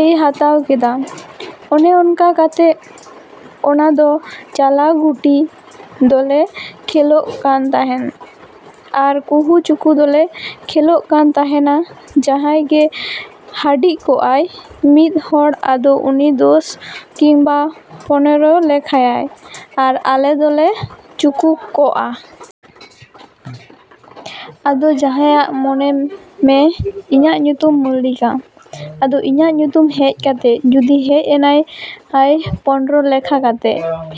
ᱮᱭ ᱦᱟᱛᱟᱣ ᱠᱮᱫᱟ᱾ ᱚᱱᱮ ᱚᱝᱠᱟ ᱠᱟᱛᱮ ᱚᱱᱟ ᱫᱚ ᱪᱟᱞᱟᱣ ᱜᱩᱴᱷᱤ ᱫᱚᱞᱮ ᱠᱷᱮᱞᱳᱜ ᱠᱟᱱ ᱛᱟᱦᱮᱫ᱾ ᱟᱨ ᱠᱩᱦᱩᱼᱪᱩᱠᱩ ᱫᱚᱞᱮ ᱠᱷᱮᱞᱳᱜ ᱠᱟᱱ ᱛᱟᱦᱮᱱᱟ ᱡᱟᱦᱟᱸᱭ ᱜᱮ ᱦᱟᱹᱰᱤ ᱠᱚᱜᱼᱟᱭ ᱢᱤᱫ ᱦᱚᱲ ᱟᱫᱚ ᱩᱱᱤ ᱫᱚᱥ ᱠᱤᱝᱵᱟ ᱯᱚᱱᱨᱚᱭ ᱞᱮᱠᱷᱟᱭᱟ, ᱟᱨ ᱟᱞᱮ ᱫᱚᱞᱮ ᱪᱩᱠᱩ ᱠᱚᱜᱼᱟ᱾ ᱟᱫᱚ ᱡᱟᱦᱟᱸᱭᱟᱜ ᱢᱚᱱᱮ ᱢᱮ ᱤᱧᱟᱹᱜ ᱧᱩᱛᱩᱢ ᱢᱚᱞᱞᱤᱠᱟ᱾ ᱟᱫᱚ ᱤᱧᱟᱹᱜ ᱧᱩᱛᱩᱢ ᱦᱮᱡ ᱠᱟᱛᱮ ᱡᱩᱫᱤ ᱦᱮᱡ ᱮᱱᱟᱭ ᱯᱚᱱᱨᱚ ᱞᱮᱠᱷᱟ ᱠᱟᱛᱮ,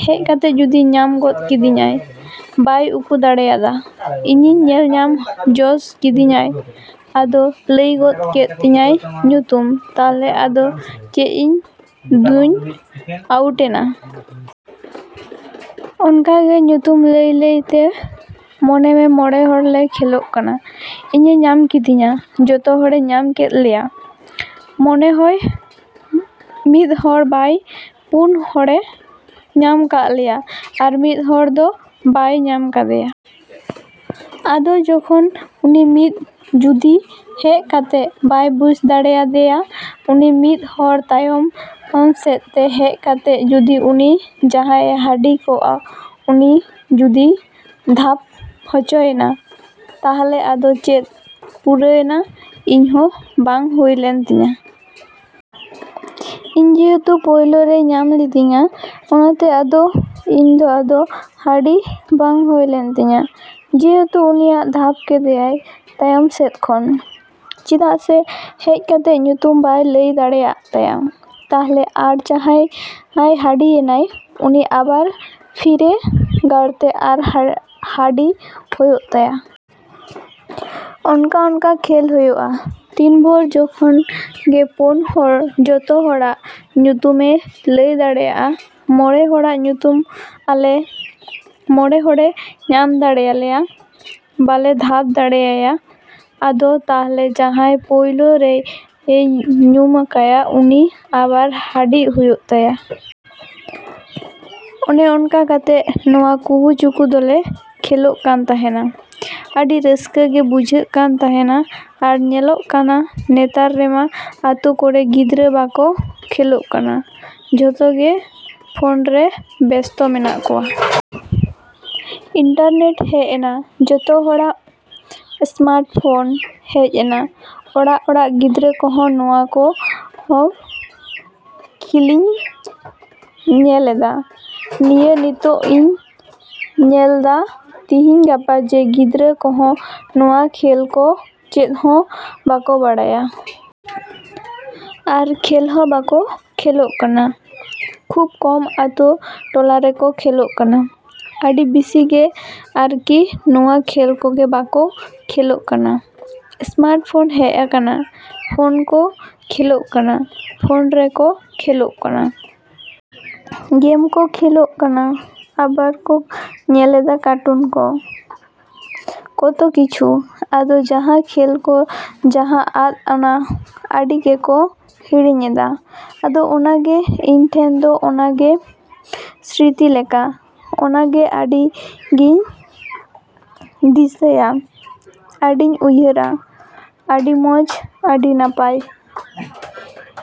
ᱦᱮᱡ ᱠᱟᱛᱮ ᱡᱩᱫᱤ ᱧᱟᱢ ᱜᱚᱫ ᱠᱤᱫᱤᱧᱟᱭ, ᱵᱟᱹᱧ ᱩᱠᱩ ᱫᱟᱲᱮᱭᱟᱫᱟ᱾ ᱤᱧᱤᱧ ᱧᱮᱞᱧᱟᱢ ᱡᱚᱥ ᱠᱤᱫᱤᱧᱟᱭ, ᱟᱫᱚ ᱞᱟᱹᱭ ᱜᱚᱫ ᱠᱮᱫ ᱛᱤᱧᱟᱹᱭ ᱧᱩᱛᱩᱢ ᱛᱟᱦᱞᱮ ᱟᱫᱚ ᱪᱮᱫ ᱤᱧ ᱫᱩᱧ ᱟᱣᱩᱴᱮᱱᱟ᱾ ᱚᱱᱠᱟ ᱜᱮ ᱧᱩᱛᱩᱢ ᱞᱟᱹᱭᱼᱞᱟᱹᱭ ᱛᱮ ᱢᱚᱱᱮ ᱢᱮ ᱢᱚᱬᱮ ᱦᱚᱲ ᱞᱮ ᱠᱷᱮᱞᱳᱜ ᱠᱟᱱᱟ ᱤᱧᱮ ᱧᱟᱢ ᱠᱤᱫᱤᱧᱟ᱾ ᱡᱚᱛᱚ ᱦᱚᱲᱮ ᱧᱟᱢ ᱠᱮᱫ ᱞᱮᱭᱟ᱾ ᱢᱚᱱᱮ ᱦᱚᱭ ᱢᱤᱫ ᱦᱚᱲ ᱵᱟᱭ, ᱯᱩᱱ ᱦᱚᱲᱮᱭ ᱧᱟᱢ ᱠᱟᱜ ᱞᱮᱭᱟ ᱟᱨ ᱢᱤᱫ ᱦᱚᱲ ᱫᱚ ᱵᱟᱭ ᱧᱟᱢ ᱠᱟᱫᱮᱭᱟ᱾ ᱟᱫᱚ ᱡᱚᱠᱷᱚᱱ ᱩᱱᱤ ᱢᱤᱫ ᱡᱩᱫᱤ ᱦᱮᱡ ᱠᱟᱛᱮ ᱵᱟᱭ ᱵᱩᱡᱽ ᱫᱟᱲᱮᱭᱟᱫᱮᱭᱟ, ᱩᱱᱤ ᱢᱤᱫ ᱦᱚᱲ ᱛᱟᱭᱚᱢ ᱥᱮᱫᱛᱮ ᱦᱮᱡ ᱠᱟᱛᱮ ᱡᱩᱫᱤ ᱩᱱᱤ ᱡᱟᱦᱟᱸᱭ ᱦᱟᱹᱰᱤ ᱠᱚᱜ ᱩᱱᱤ ᱡᱩᱫᱤᱭ ᱫᱷᱟᱯ ᱦᱚᱪᱚᱭᱮᱱᱟ᱾ ᱛᱟᱦᱞᱮ ᱟᱫᱚ ᱪᱮᱫ ᱯᱩᱨᱟᱹᱣᱱᱟ, ᱤᱧ ᱦᱚᱸ ᱵᱟᱝ ᱦᱩᱭ ᱞᱮᱱ ᱛᱤᱧᱟᱹ᱾ ᱤᱧ ᱡᱮᱦᱮᱛᱩ ᱯᱳᱭᱞᱳ ᱨᱮᱭ ᱧᱟᱢ ᱞᱤᱫᱤᱧᱟ ᱚᱱᱟᱛᱮ ᱟᱫᱚ ᱤᱧ ᱫᱚ ᱟᱫᱚ ᱦᱟᱹᱰᱤ ᱵᱟᱝ ᱦᱩᱭ ᱞᱮᱱ ᱛᱤᱧᱟᱹ᱾ ᱡᱮᱦᱮᱛᱩ ᱩᱱᱤᱭ ᱫᱷᱟᱯ ᱠᱮᱫᱮᱭᱟ, ᱛᱟᱭᱚᱢ ᱥᱮᱫ ᱠᱷᱚᱱ᱾ ᱪᱮᱫᱟᱜ ᱥᱮ ᱦᱮᱡ ᱠᱟᱛᱮ ᱧᱩᱛᱩᱢ ᱵᱟᱭ ᱞᱟᱹᱭ ᱫᱟᱲᱮᱭᱟᱜ ᱛᱟᱭᱟ᱾ ᱛᱟᱦᱞᱮ ᱟᱨ ᱡᱟᱦᱟᱸᱭ ᱦᱟᱹᱰᱤᱭᱮᱱᱟ ᱩᱱᱤ ᱟᱵᱟᱨ ᱯᱷᱤᱨᱮ ᱜᱟᱨᱛᱮ ᱟᱨ ᱦᱟᱹᱰᱤ ᱦᱩᱭᱩᱜ ᱛᱟᱭᱟ᱾ ᱚᱱᱠᱟᱼᱚᱱᱠᱟ ᱠᱷᱮᱞ ᱦᱩᱭᱩᱜᱼᱟ᱾ ᱛᱤᱱ ᱵᱷᱳᱨ, ᱡᱚᱠᱷᱚᱱ ᱜᱮ ᱯᱳᱱ ᱦᱚᱲ ᱡᱚᱛᱚ ᱦᱚᱲᱟᱜ ᱧᱩᱛᱩᱢᱮᱭ ᱞᱟᱹᱭ ᱫᱟᱲᱮᱭᱟᱜᱼᱟ, ᱢᱚᱬᱮ ᱦᱚᱲᱟᱜ ᱧᱩᱛᱩᱢ ᱟᱞᱮ ᱢᱚᱬᱮ ᱦᱚᱲᱮᱭ ᱧᱟᱢ ᱫᱟᱲᱮᱭᱟᱭᱟᱞᱮᱭᱟ, ᱵᱟᱞᱮ ᱫᱷᱟᱯ ᱫᱟᱲᱮᱭᱟᱭᱟ᱾ ᱟᱫᱚ ᱛᱟᱦᱞᱮ ᱡᱟᱦᱟᱸᱭ ᱯᱳᱭᱞᱳ ᱨᱮᱭ ᱧᱩᱢ ᱠᱟᱭᱟ ᱩᱱᱤ ᱟᱵᱟᱨ ᱦᱟᱹᱰᱤᱜ ᱦᱩᱭᱩᱜ ᱛᱟᱭᱟ᱾ ᱚᱱᱮ ᱚᱝᱠᱟ ᱠᱟᱛᱮ ᱱᱚᱣᱟ ᱠᱩᱦᱩᱼᱪᱩᱠᱩ ᱫᱚᱞᱮ ᱠᱷᱮᱞᱳᱜ ᱠᱟᱱ ᱛᱟᱦᱮᱱᱟ᱾ ᱟᱹᱰᱤ ᱨᱟᱹᱥᱠᱟᱹ ᱜᱮ ᱵᱩᱡᱷᱟᱹᱜ ᱠᱟᱱ ᱛᱟᱦᱮᱱᱟ ᱟᱨ ᱧᱮᱞᱚᱜ ᱠᱟᱱᱟ ᱱᱮᱛᱟᱨ ᱨᱮᱢᱟ ᱟᱛᱳ ᱠᱚᱨᱮᱱ ᱜᱤᱫᱽᱨᱟᱹ ᱵᱟᱠᱚ ᱠᱷᱮᱞᱳᱜ ᱠᱟᱱᱟ᱾ ᱡᱚᱛᱚ ᱜᱮ ᱯᱷᱳᱱ ᱨᱮ ᱵᱮᱥᱛᱚ ᱢᱮᱱᱟᱜ ᱠᱚᱣᱟ᱾ ᱤᱱᱴᱟᱨᱱᱮᱴ ᱦᱮᱡ ᱮᱱᱟ, ᱡᱚᱛᱚ ᱦᱚᱲᱟᱜ ᱮᱥᱢᱟᱴ ᱯᱷᱳᱱ ᱦᱮᱡ ᱮᱱᱟ᱾ ᱚᱲᱟᱜᱼᱚᱲᱟᱜ ᱜᱤᱫᱽᱨᱟᱹ ᱠᱚᱦᱚᱸ ᱱᱚᱣᱟ ᱠᱚ ᱠᱷᱮᱞᱤᱧ ᱧᱮᱞ ᱫᱟ᱾ ᱱᱤᱭᱟᱹ ᱱᱤᱛᱳᱜ ᱤᱧ ᱧᱮᱞ ᱫᱟ ᱛᱤᱦᱤᱧᱼᱜᱟᱯᱟ ᱡᱮ, ᱜᱤᱫᱽᱨᱟᱹ ᱠᱚᱦᱚᱸ ᱱᱚᱣᱟ ᱠᱷᱮᱞ ᱠᱚ ᱪᱮᱫ ᱦᱚᱸ ᱵᱟᱠᱚ ᱵᱟᱲᱟᱭᱟ᱾ ᱟᱨ ᱠᱷᱮᱞ ᱦᱚᱸ ᱵᱟᱠᱚ ᱠᱷᱮᱞᱳᱜ ᱠᱟᱱᱟ, ᱠᱷᱩᱵᱽ ᱠᱚᱢ ᱟᱛᱳᱼᱴᱚᱞᱟ ᱨᱮᱠᱚ ᱠᱷᱮᱞᱳᱜ ᱠᱟᱱᱟ᱾ ᱟᱹᱰᱤ ᱵᱤᱥᱤ ᱜᱮ ᱟᱨᱠᱤ ᱱᱚᱣᱟ ᱠᱷᱮᱞ ᱠᱚᱜᱮ ᱵᱟᱠᱚ ᱠᱷᱮᱞᱳᱜ ᱠᱟᱱᱟ᱾ ᱮᱥᱢᱟᱴ ᱯᱷᱳᱱ ᱦᱮᱡ ᱟᱠᱟᱱᱟ, ᱯᱷᱳᱱ ᱠᱚ ᱠᱷᱮᱞᱳᱜ ᱠᱟᱱᱟ, ᱯᱷᱳᱱ ᱨᱮᱠᱚ ᱠᱷᱮᱞᱳᱜ ᱠᱟᱱᱟ᱾ ᱜᱮᱢ ᱠᱚ ᱠᱷᱮᱞᱳᱜ ᱠᱟᱱᱟ᱾ ᱟᱵᱟᱨ ᱠᱚ ᱧᱮᱞᱮᱫᱟ ᱠᱟᱴᱩᱱ ᱠᱚ, ᱠᱚᱛᱚ ᱠᱤᱪᱷᱩ᱾ ᱟᱫᱚ ᱡᱟᱦᱟᱸ ᱠᱷᱮᱞ ᱠᱚ ᱡᱟᱦᱟᱸ ᱟᱫᱚ ᱚᱱᱟ ᱟᱹᱰᱤ ᱜᱮᱠᱚ ᱦᱤᱲᱤᱧᱮᱫᱟ᱾ ᱟᱫᱚ ᱚᱱᱟ ᱜᱮ ᱤᱧᱴᱮᱱ ᱫᱚ ᱚᱱᱟ ᱜᱮ ᱥᱨᱤᱛᱤ ᱞᱮᱠᱟ᱾ ᱚᱱᱟ ᱜᱮ ᱟᱹᱰᱤ ᱜᱮᱧ ᱰᱤᱥᱟᱹᱭᱟ ᱟᱹᱰᱤᱧ ᱩᱭᱦᱟᱹᱨᱟ᱾ ᱟᱹᱰᱤ ᱢᱚᱡᱽ, ᱟᱹᱰᱤ ᱱᱟᱯᱟᱭ᱾